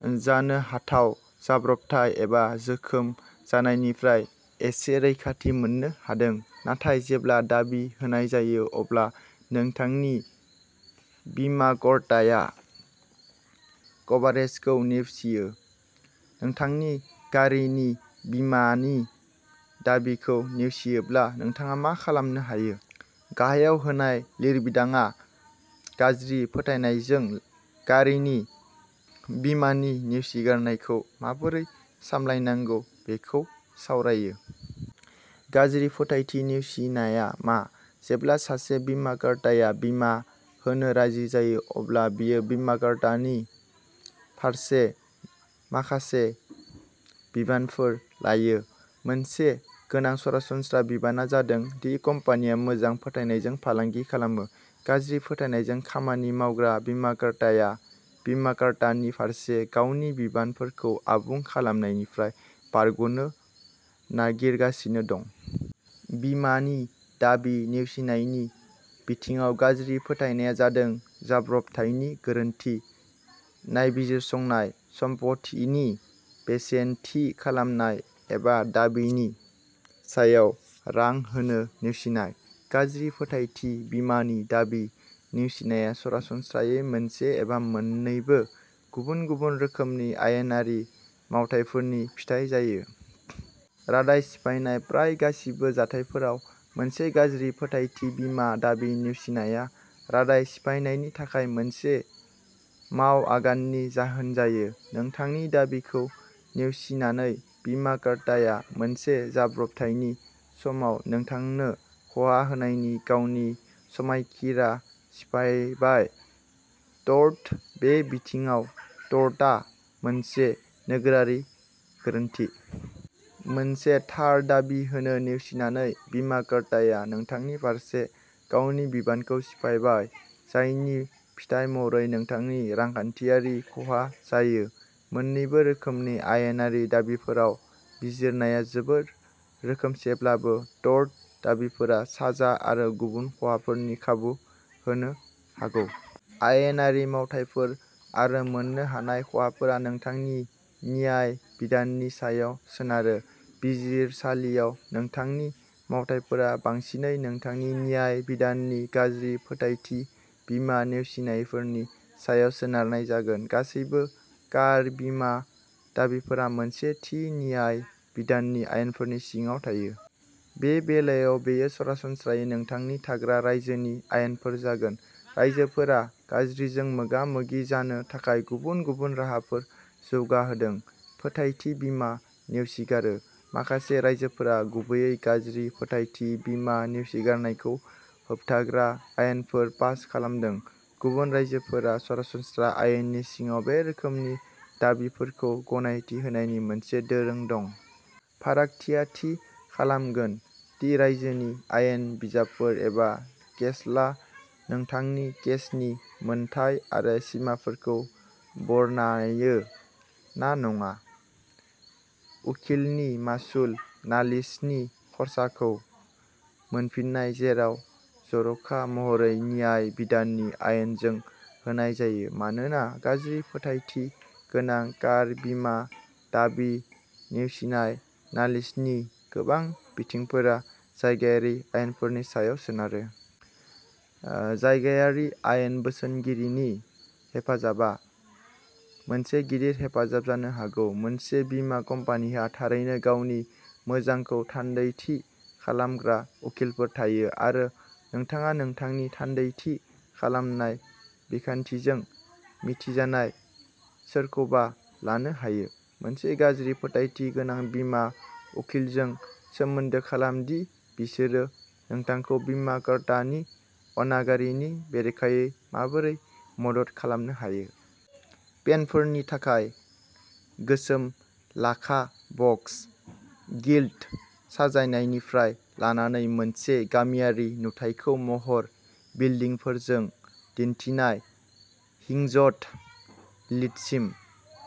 जानो हाथाव जाब्रबथाय एबा जोखोम जानायनिफ्राय एसे रैखाथि मोननो हादों। नाथाय जेब्ला दाबि होनाय जायो। अब्ला नोंथांनि बीमाकर्ताया कभारेजखौ नेवसियो। नोंथांनि गारिनि बीमानि दाबिखौ नेवसियोब्ला नोंथाङा मा खालामनो हायो? गाहायाव होनाय लिरबिदांआ गाज्रि फोथायनायजों गारिनि बीमानि नेवसिगारनायखौ माबोरै सामलायनांगौ बेखौ सावरायो। गाज्रि फोथायथि नेवसिनाया मा? जेब्ला सासे बीमाकर्ताया बीमा होनो राजि जायो। अब्ला बियो बीमाकर्तानि फारसे माखासे बिबानफोर लायो। मोनसे गोनां सरासनस्रा बिबानआ जादों दि कम्पानिया मोजां फोथायनायजों फालांगि खालामो। गाज्रि फोथायनायजों खामानि मावग्रा बीमाकर्ताया बीमाकर्तानि फारसे गावनि बिबानफोरखौ आबुं खालामनायनिफ्राय बारग'नो नागिरगासिनो दं। बीमानि दाबि नेवसिनायनि बिथिङाव गाज्रि फोथायनाया जादों जाब्रबथायनि गोरोन्थि नायबिजिरसंनाय सम्पथिनि बेसेन थि खालामनाय एबा दाबिनि सायाव रां होनो नेवसिनाय। गाज्रि फोथायथि बीमानि दाबि नेवसिनाया सरासनस्रायै मोनसे एबा मोन्नैबो गुबुन-गुबुन रोखोमनि आयेनारि मावथायफोरनि फिथाय जायो। रादाय सिफायनाय प्राय गासिबो जाथायफोराव मोनसे गाज्रि फोथायथि बीमा दाबि नेवसिनाया रादाय सिफायनायनि थाखाय मोनसे मावआगाननि जाहोन जायो। नोंथांनि दाबिखौ नेवसिनानै बीमाकर्ताया मोनसे जाब्रबथायनि समाव नोंथांनो खहा होनायनि गावनि समायखिरा सिफायबाय। टर्ट बे बिथिङाव टर्टआ मोनसे नोगोरारि गोरोन्थि। मोनसे थार दाबि होनो नेवसिनानै बीमाकर्ताया नोंथांनि फारसे गावनि बिबानखौ सिफायबाय जायनि फिथाय महरै नोंथांनि रांखान्थियारि खहा जायो। मोननैबो रोखोमनि आयेनारि दाबिफोराव बिजिरनाया जोबोद रोखोमसेब्लाबो टर्ट दाबिफोरा साजा आरो गुबुन खहाफोरनि खाबु होनो हागौ। आयेनारि मावथायफोर आरो मोननो हानाय खहाफोरा नोंथांनि न्याय बिधाननि सायाव सोनारो। बिजिरसालियाव नोंथांनि मोनथायफोरा बांसिनै नोंथांनि न्याय बिधाननि गाज्रि फोथायथि बीमा नेवसिनायफोरनि सायाव सोनारनाय जागोन। गासैबो कार बीमा दाबिफोरा मोनसे थि न्याय बिधाननि आयेनफोरनि सिङाव थायो। बे बेलायाव बेयो सरासनस्रायै नोंथांनि थाग्रा रायजोनि आयेनफोर जागोन। रायजोफोरा गाज्रिजों मोगा-मोगि जानो थाखाय गुबुन-गुबुन राहाफोर जौगाहोदों। फोथायथि बीमा नेवसिगारो। माखासे रायजोफोरा गुबैयै गाज्रि फोथायथि बीमा नेवसिगारनायखौ होबथाग्रा आयेनफोर पास खालामदों। गुबुन रायजोफोरा सरासनस्रा आयेननि सिङाव बे रोखोमनि दाबिफोरखौ गनायथि होनायनि मोनसे दोरों दं। फारागथिया थि खालामगोन दि रायजोनि आयेन बिजाबफोर एबा केसला नोंथांनि केसनि मोनथाय आरो सिमाफोरखौ बरनायो ना नङा। उखिलनि मासुल नालिसनि खर्साखौ मोनफिन्नाय जेराव जर'खा महरै न्याय बिधाननि आयेनजों होनाय जायो। मानोना गाज्रि फोथायथि गोनां कार बीमा दाबि नेवसिनाय नालिसनि गोबां बिथिंफोरा जायगायारि आयेनफोरनि सायाव सोनारो। जायगायारि आयेन बोसोनगिरिनि हेफाजाबआ मोनसे गिदिर हेफाजाब जानो हागौ। मोनसे बीमा कम्पानीहा थारैनो गावनि मोजांखौ थान्दैथि खालामग्रा उखिलफोर थायो। आरो नोंथाङा नोंथांनि थान्दैथि खालामनाय बिखान्थिजों मिथिजानाय सोरखौबा लानो हायो। मोनसे गाज्रि फोथायथि गोनां बीमा उखिलजों सोमोन्दो खालाम दि बिसोरो नोंथांखौ बीमाकर्तानि अनागारिनि बेरेखायै माबोरै मदद खालामनो हायो। पेनफोरनि थाखाय गोसोम लाखा बक्स। गिल्ट साजायनायनिफ्राय लानानै मोनसे गामियारि नुथायखौ महर बिल्डिंफोरजों दिन्थिनाय हिंजड लिदसिम।